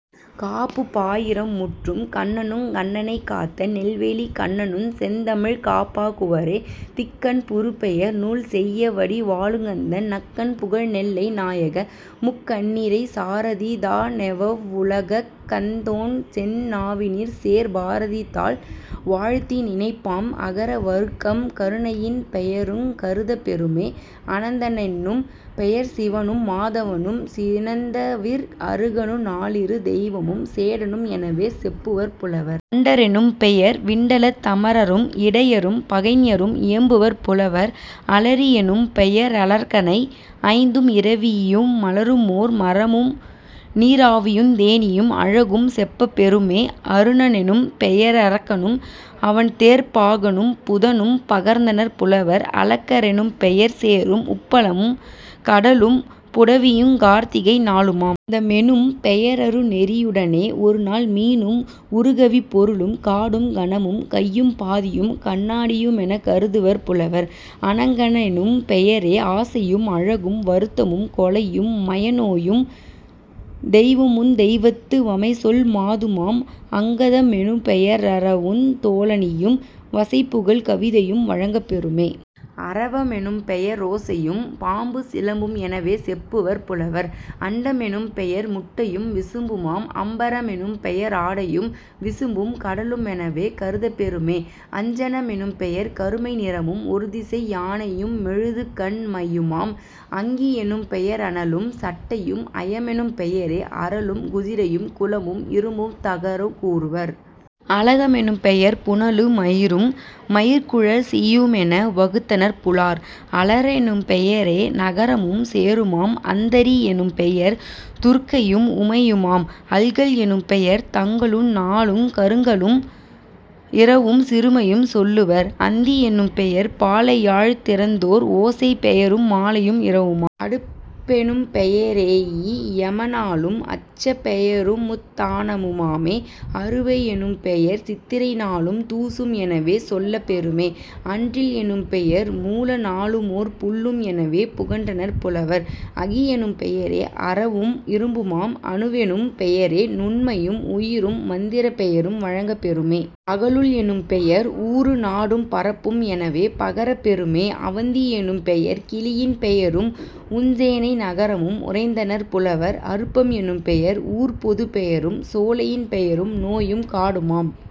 காப்புப் பாயிரம் முற்றும். கண்ணனுங் கண்ணனைக் காத்த நெல்வேலிக் கண்ணனுஞ் செந்தமிழ்க் காப்பா குவரே. திக்கன் புறுபெயர் நூல்செய்யவடி வாளுகந்த நக்கன் புகழ்நெல்லை நாயக-முக்கண்ணிறை சாரதிதா னெவவ்வுலகந் தந்தோன்செந் நாவினிற்சேர் பாரதிதாள் வாழ்த்திநினைப் பாம். அகர வருக்கம் கருணையின் பெயருங் கருதப்பெறுமே..... அனந்த னென்னும் பெயர்சிவனு மாதவனும் சினந்தவிர் அருகனு நாலிரு தெய்வமும் சேடனும் எனவே செப்புவர் புலவர்..... அண்ட ரெனும்பெயர் விண்டலத் தமரரும் இடையரும் பகைஞரும் இயம்புவர் புலவர்..... அலரி யெனும்பெய ரலர்க்கணை ஐந்தும் இரவியு மலருமோர் மரமு நீராவியுந் தேனீயும் அழகும் செப்பப் பெறுமே..... அருண னெனும்பெய ரருக்கனும் அவன்தேர்ப் பாகனும் புதனும் பகர்ந்தனர் புலவர்..... அளக்க ரெனும்பெயர் சேறும் உப்பளமும் கடலும் புடவியுங் கார்த்திகை நாளுமாம்..... அந்த மெனும்பெய ரருநெறி யுடனே ஒருநாள் மீனும் உறுகவிப் பொருளும் காடும் கனகமும் கையும் பாதியும் கண்ணா டியுமெனக் கருதுவர் புலவர்..... அணங்கனெனும் பெயரே ஆசையும் அழகும் வருத்தமும் கொலையும் மையனோயும் தெய்வமுந் தெய்வத்து வமைசொல் மாதுமாம்..... அங்கத மெனுபெய ரரவுந் தோளணியும் வசைபுகல் கவிதையும் வழங்கப் பெறுமே..... அரவ மெனுபெய ரோசையும் பாம்பு சிலம்பும் எனவே செப்புவர் புலவர்..... அண்ட மெனும்பெயர் முட்டையும் விசும்புமாம்..... அம்பர மெனும்பெய ராடையும் விசும்பும் கடலு மெனவே கருதப்பெறுமே..... அஞ்சன மெனும்பெயர் கருமை நிறமும் ஒருதிசை யானையு மெழுதுகண் மையுமாம்..... அங்கி யெனும்பெய ரனலும் சட்டையும்..... அயமெனும் பெயரே அறலும் குதிரையும் குளமும் இரும்பும் தகருங் கூறுவர்..... அளக மெனுபெயர் புனலு மயிரும் மயிர்க்குழற் சியுமென வகுத்தனர் புலார்..... அளறெனும் பெயரே நரகமும் சேறுமாம்..... அந்தரி யெனும்பெயர் துர்க்கையும் உமையுமாம்..... அல்கல் எனும் பெயர் தங்கலு நாளும் கருங்கலும் இரவும் சிறுமையும் சொல்லுவர்..... அந்தி யெனும்பெயர் பாலையாழ்த் திறத்தோர் ஓசைப் பெயரு மாலையும் இரவுமாம்..... அடுப்பெனும் பெயரே யியம னாளும் அச்சப் பெயருமுத் தானமு மாமே..... அறுவை யெனும்பெயர் சித்திரை நாளும் தூசும் எனவே சொல்லப் பெறுமே..... அன்றில் எனும்பெயர் மூல நாளுமோர் புள்ளும் எனவே புகன்றனர் புலவர்..... அகியெனும் பெயரே அரவும் இரும்புமாம்..... அணுவெனும் பெயரே நுண்மையும் உயிரும் மந்திரப் பெயரும் வழங்கப் பெறுமே..... அகலுள் எனும் பெயர் ஊரு நாடும் பரப்பும் எனவே பகரப் பெறுமே..... அவந்தி யெனும் பெயர் கிளியின் பெயரும் உஞ்சேனை நகரமும் உரைத்தனர் புலவர்..... அருப்பம் எனும்பெயர் ஊர்ப்பொதுப் பெயரும் சோலையின் பெயரும் நோயும் காடுமாம்.